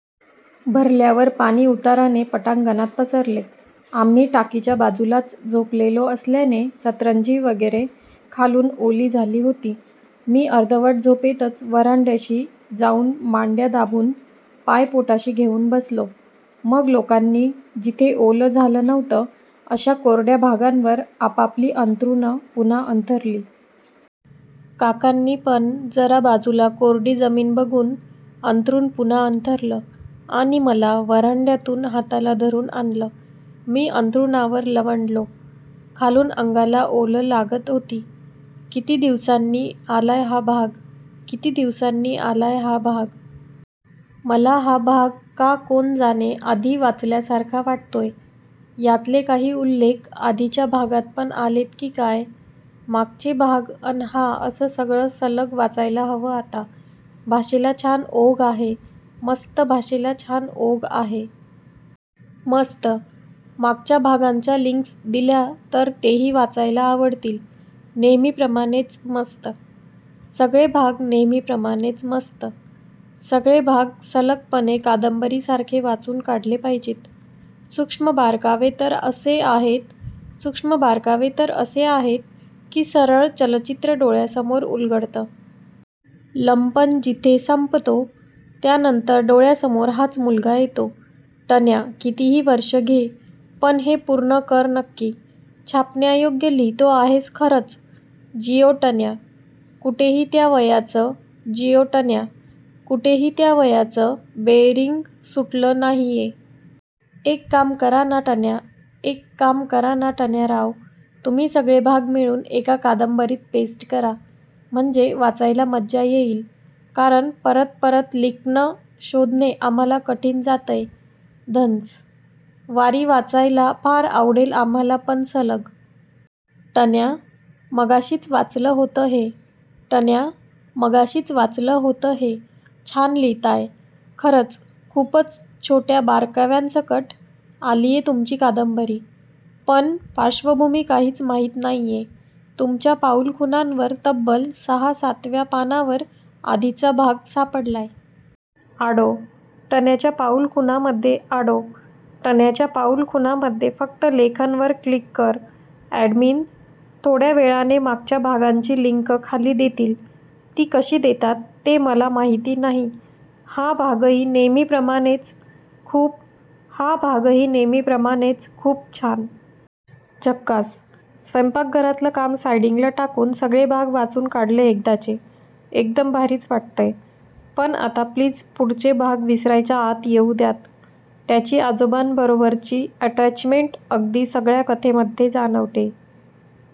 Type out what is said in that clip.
भरल्यावर पाणी उताराने पटांगणात पसरले. आम्ही टाकीच्या बाजूलाच झोपलेलो असल्याने सतरंजी वगैरे खालून ओली झाली होती. मी अर्धवट झोपेतच व्हरांड्याशी जाउन मांडया दाबून, पाय पोटाशी घेउन बसलो. मग लोकांनी जिथे ओलं झालं नव्हतं अश्या कोरड्या भागांवर आपापली अंथरुणं पुन्हा अंथरली. काकांनी पण जरा बाजूला कोरडी जमिन बघून अंथरुण पुन्हा अंथरलं आणि मला व्हरांड्यातून हाताला धरुन आणलं. मी अंथरुणावर लवंडलो. खालून अंगाला ओल लागत होती. किती दिवसांनी आलाय हा भाग. किती दिवसांनी आलाय हा भाग. मला हा भाग का कोण जाणे आधी वाचल्यासारखा वाटतोय. यातले काही उल्लेख आधीच्या भागात पण आलेत की काय? मागचे भाग अन हा असं सगळं सलग वाचायला हवं आता. भाषेला छान ओघ आहे. मस्त भाषेला छान ओघ आहे. मस्त. मागच्या भागांच्या लिंक्स दिल्या तर तेही वाचायला आवडतील. नेहमीप्रमाणेच मस्त. सगळे भाग नेहमीप्रमाणेच मस्त. सगळे भाग सलगपणे कादंबरीसारखे वाचून काढले पाहिजेत. सुक्ष्म बारकावे तर असे आहेत सुक्ष्म बारकावे तर असे आहेत की सरळ चलचित्र डोळ्यासमोर उलगडतं. लंपन जिथे संपतो त्यानंतर डोळ्यासमोर हाच मुलगा येतो. टण्या कितीही वर्ष घे, पण हे पूर्ण कर नक्की. छापण्यायोग्य लिहीतो आहेस खरंच. जियो टण्या. कुठेही त्या वयाचं जियो टण्या. कुठेही त्या वयाचं बेअरिंग सुटलं नाहीये. एक काम करा ना टण्या एक काम करा ना टण्या राव. तुम्ही सगळे भाग मिळुन एका कादंबरीत पेस्ट करा. म्हणजे वाचायला मज्जा येइल. कारण परत परत लिक्न शोधणे आम्हाला कठीण जातय. धन्स. वारी वाचायला फार आवडेल आम्हाला पण सलग. टण्या, मगाशीच वाचलं होतं हे. टण्या, मगाशीच वाचलं होतं हे. छान लिहीताय. खरंच खूपच छोट्या बारकाव्यांसकट आलीये तुमची कादंबरी. पण पार्श्वभूमी काहीच माहित नाहीये. तुमच्या पाऊलखुणांवर तब्बल सहा सातव्या पानावर आधीचा भाग सापडलाय. आडो, टण्याच्या पाऊलखुणामध्ये आडो, टण्याच्या पाऊलखुणामध्ये फक्त लेखन वर क्लिक कर अॅडमिन थोड्यावेळाने मागच्या भागांची लिंक खाली देतील. ती कशी देतात ते मला माहिती नाही. हा भागही नेहमीप्रमाणेच खूप हा भागही नेहमीप्रमाणेच खूप छान. झक्कास. स्वैंपाकघरातलं काम साईडिंगला टाकून सगळे भाग वाचून काढले एकदाचे. एकदम भारीच वाटतंय. पण आता प्लीज पुढचे भाग विसरायच्या आत येऊ द्यात. त्याची आजोबांबरोबरची अटॅचमेंट अगदी सगळ्या कथेमध्ये जाणवतेय.